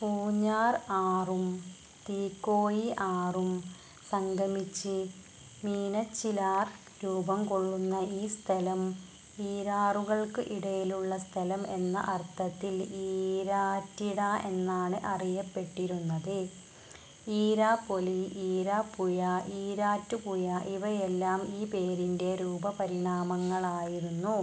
പൂഞ്ഞാർ ആറും തീക്കോയി ആറും സംഗമിച്ച് മീനച്ചിലാർ രൂപംകൊള്ളുന്ന ഈ സ്ഥലം, ഈരാറുകൾക്ക് ഇടയിലുള്ള സ്ഥലം എന്ന അർത്ഥത്തിൽ ഈരാറ്റിട എന്നാണ് അറിയപ്പെട്ടിരുന്നത്. ഈരാപൊലി, ഈരാപ്പുഴ, ഈരാറ്റുപുഴ ഇവയെല്ലാം ഈ പേരിന്റെ രൂപ പരിണാമങ്ങളായിരുന്നു..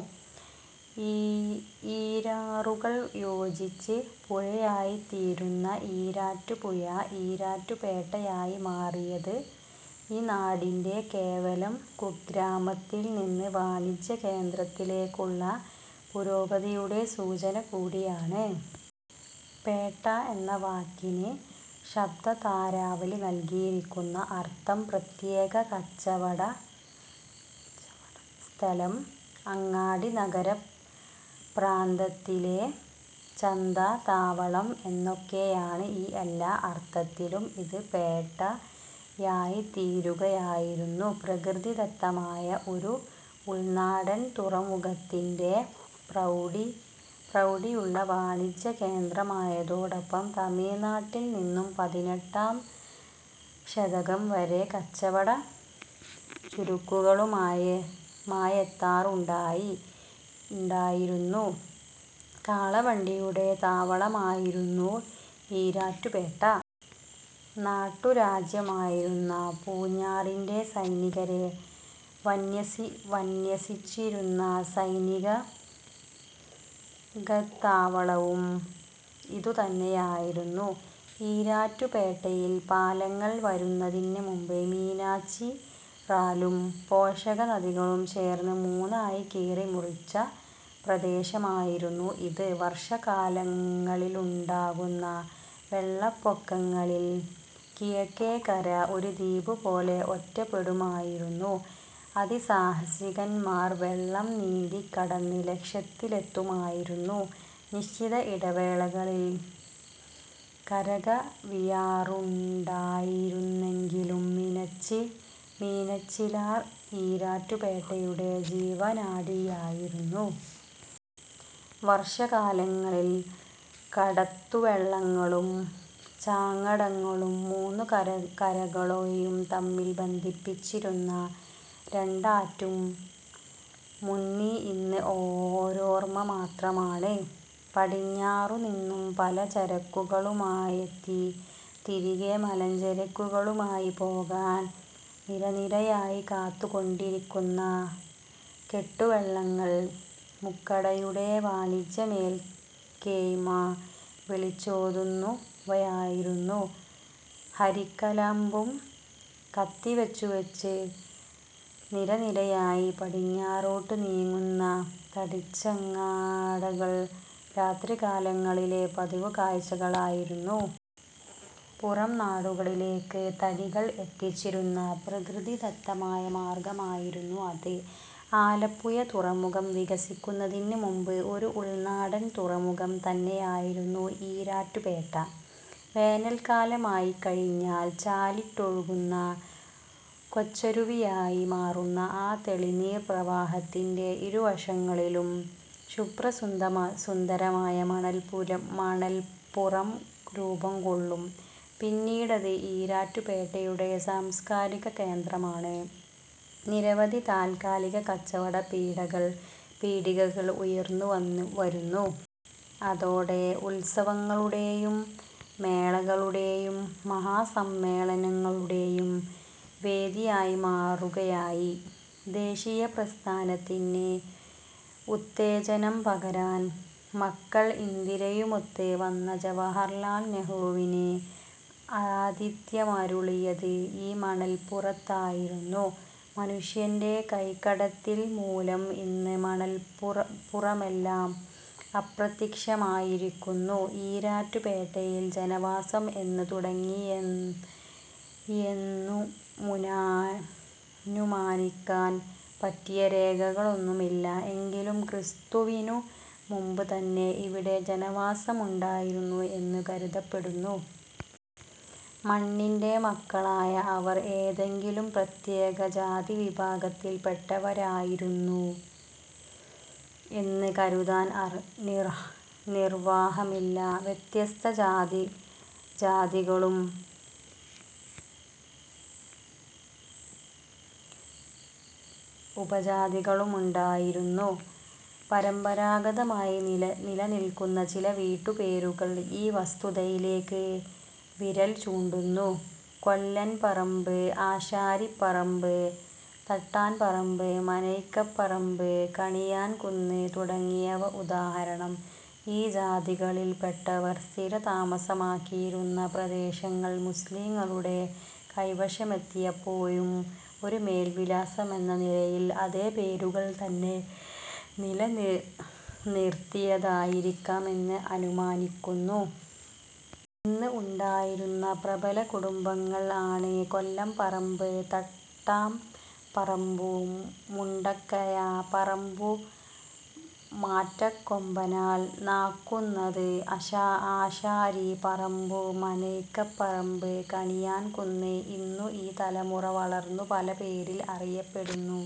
ഈരാറുകൾ യോജിച്ച് പുഴയായിത്തീരുന്ന ഈരാറ്റു'പുഴ' ഈരാറ്റു'പേട്ട'യായി മാറിയത് ഈ നാടിന്റെ കേവലം കുഗ്രാമത്തിൽനിന്നും വാണിജ്യ കേന്ദ്രത്തിലേക്കുള്ള പുരോഗതിയുടെ സൂചന കൂടിയാണ്. 'പേട്ട' എന്ന വാക്കിന് ശബ്ദതാരാവലി നൽകിയിരിക്കുന്ന അർത്ഥം പ്രത്യേക കച്ചവട സ്ഥലം, അങ്ങാടി, നഗര പ്രാന്തത്തിലെ ചന്ത, താവളം എന്നൊക്കെയാണ്. ഈ എല്ലാ അർത്ഥത്തിലും ഇത് പേട്ടയായിത്തീരുകയായിരുന്നു. പ്രകൃതിദത്തമായ ഒരു ഉൾനാടൻ തുറമുഖത്തിന്റെ പ്രൌഢിയുള്ള വാണിജ്യ കേന്ദ്രമായതോടൊപ്പം തമിഴ്നാട്ടിൽനിന്നും പതിനെട്ടാം ശതകം വരെ കച്ചവട ചരക്കുകളുമായെത്താറുണ്ടായിരുന്ന കാളവണ്ടികളുടെ താവളവുമായിരുന്നു ഈരാറ്റുപേട്ട. നാട്ടുരാജ്യമായിരുന്ന പൂഞ്ഞാറിന്റെ സൈനികരെ വിന്യസിച്ചിരുന്ന സൈനികത്താവളവും ഇതു തന്നെയായിരുന്നു. ഈരാറ്റുപേട്ടയിൽ പാലങ്ങൾ വരുന്നതിന് മുമ്പ് മീനച്ചിലാറും പോഷക നദികളും ചേർന്ന് മൂന്നായി കീറിമുറിച്ച പ്രദേശമായിരുന്ന് ഇത്. വർഷകാലങ്ങളിലുണ്ടാകുന്ന വെള്ളപ്പൊകങ്ങളിൽ കിഴക്കേക്കര ഒരു ദ്വീപ് പോലെ ഒറ്റപ്പെടുമായിരുന്നു. അതി സാഹസികൻമാർ വെള്ളം നീന്തി കടന്ന് ലക്ഷ്യത്തിലെത്തുമായിരുന്നു. നിശ്ചിത ഇടവേളകളിൽ കരകവിയാറുണ്ടായിരുന്നെങ്കിലും മീനച്ചിലാർ ഈരാറ്റുപേട്ടയുടെ ജീവനാഡിയായിരുന്നു. വർഷകാലങ്ങളിൽ കടത്തുവള്ളങ്ങളും ചങ്ങാടങ്ങളും മൂന്നു കരകളേയും തമ്മിൽ ബന്ധിപ്പിച്ചിരുന്ന രണ്ടാറ്റും മുന്നി ഇന്ന് ഒരോർമ മാത്രമാണ്. പടിഞ്ഞാറുനിന്നും പലചരക്കുകളുമായെത്തി തിരികെ മലഞ്ചരക്കുകളുമായി പോകാൻ നിരനിരയായി കാത്തുകെട്ടിക്കിടക്കുന്ന കെട്ടുവള്ളങ്ങൾ മുക്കടയുടെ വാണിജ്യ മേൽക്കോയ്മ വിളിച്ചോതുന്നുവയായിരുന്നു. ഹരിക്കലാമ്പും കത്തിച്ചുവെച്ച് നിരനിരയായി പടിഞ്ഞാറോട്ട് നീങ്ങുന്ന തടിച്ചങ്ങാടങ്ങൾ രാത്രികാലങ്ങളിലെ പതിവു കാഴ്ചകളായിരുന്നു. പുറംനാടുകളിലേക്ക് തടികൾ എത്തിച്ചിരുന്ന പ്രകൃതിദത്തമായ മാർഗ്ഗമായിരുന്നു അത്. ആലപ്പുഴ തുറമുഖം വികസിക്കുന്നതിന് മുമ്പ് ഒരു ഉൾനാടൻ തുറമുഖം തന്നെയായിരുന്നു ഈരാറ്റുപേട്ട. വേനൽക്കാലമായിക്കഴിഞ്ഞാൽ ചാലിട്ടൊഴുകുന്ന കൊച്ചരുവിയായി മാറുന്ന ആ തെളിനീർ പ്രവാഹത്തിന്റെ ഇരുവശങ്ങളിലും ശുഭ്രസുന്ദരമായ മണൽപ്പുറം രൂപംകൊള്ളും. പിന്നീടത് ഈരാറ്റുപേട്ടയുടെ സാംസ്കാരിക കേന്ദ്രമാണ്. നിരവധി താൽക്കാലിക കച്ചവട പീടികകൾ ഉയർന്നുവരുന്നു. അതോടെ ഉത്സവങ്ങളുടേയും മേളകളുടേയും മഹാസമ്മേളനങ്ങളുടേയും വേദിയായിമാറുകയായി. ദേശീയ പ്രസ്ഥാനത്തിന് ഉത്തേജനം പകരാൻ മകൾ ഇന്ദിരയുമൊത്ത് വന്ന ജവഹർലാൽ നെഹ്റുവിന് ആതിഥ്യമരുളിയത് ഈ മണൽപ്പുറത്തായിരുന്നു. മനുഷ്യന്റെ കൈകടത്തിൽമൂലം ഇന്ന് മണൽപ്പുറമെല്ലാം അപ്രത്യക്ഷമായിരിക്കുന്നു. ഈരാറ്റുപേട്ടയിൽ ജനവാസം എന്നു തുടങ്ങിയെന്നനുമാനിക്കാൻ പറ്റിയ രേഖകളൊന്നുമില്ല. എങ്കിലും ക്രിസ്തുവിനു മുമ്പു തന്നെ ഇവിടെ ജനവാസമുണ്ടായിരുന്നു എന്ന് കരുതപ്പെടുന്നു. മണ്ണിന്റെ മക്കളായ അവർ ഏതെങ്കിലും പ്രത്യേക ജാതിവിഭാഗത്തിൽ പെട്ടവരായിരുന്നു എന്ന് കരുതാൻ നിർവാഹമില്ല. വ്യത്യസ്ത ജാതികളും ഉപജാതികളും ഉണ്ടായിരുന്നു. പരമ്പരാഗതമായി നിലനിൽക്കുന്ന ചില വീട്ടുപേരുകൾ ഈ വസ്തുതയിലേക്ക് വിരൽ ചൂണ്ടുന്നു. കൊല്ലൻപറമ്പ്, ആശാരിപറമ്പ്, തട്ടാൻപറമ്പ്, മനയ്ക്കപ്പറമ്പ്, കണിയാൻകുന്ന് തുടങ്ങിയവ ഉദാഹണം. ഈ ജാതികളിൽ പെട്ടവർ സ്ഥിര താമസമാക്കിയിരുന്ന പ്രദേശങ്ങൾ മുസ്ലിംകളുടെ കൈവശമെത്തിയപ്പോഴും ഒരു മേൽവിലാസമെന്ന നിലയിൽ അതേ പേരുകൾ തന്നെ നിലനിർത്തിയതായിരിക്കാം എന്ന് അനുമാനിക്കുന്നു. അന്ന് ഉണ്ടായിരുന്ന പ്രബല കുടുംബങ്ങൾ ആണ് കൊല്ലംപറമ്പ്, തട്ടാം പറമ്പു, മുണ്ടക്കയ പറമ്പു, മാറ്റകൊമ്പനാൽ, നാകുന്നത്, ആശാരി പറമ്പു, മനയ്ക്കപ്പറമ്പ്, കണിയാൻകുന്ന്. ഇന്നു ഈ തലമുറ വളർന്നു പല പേരിൽ അറിയപ്പെടുന്നു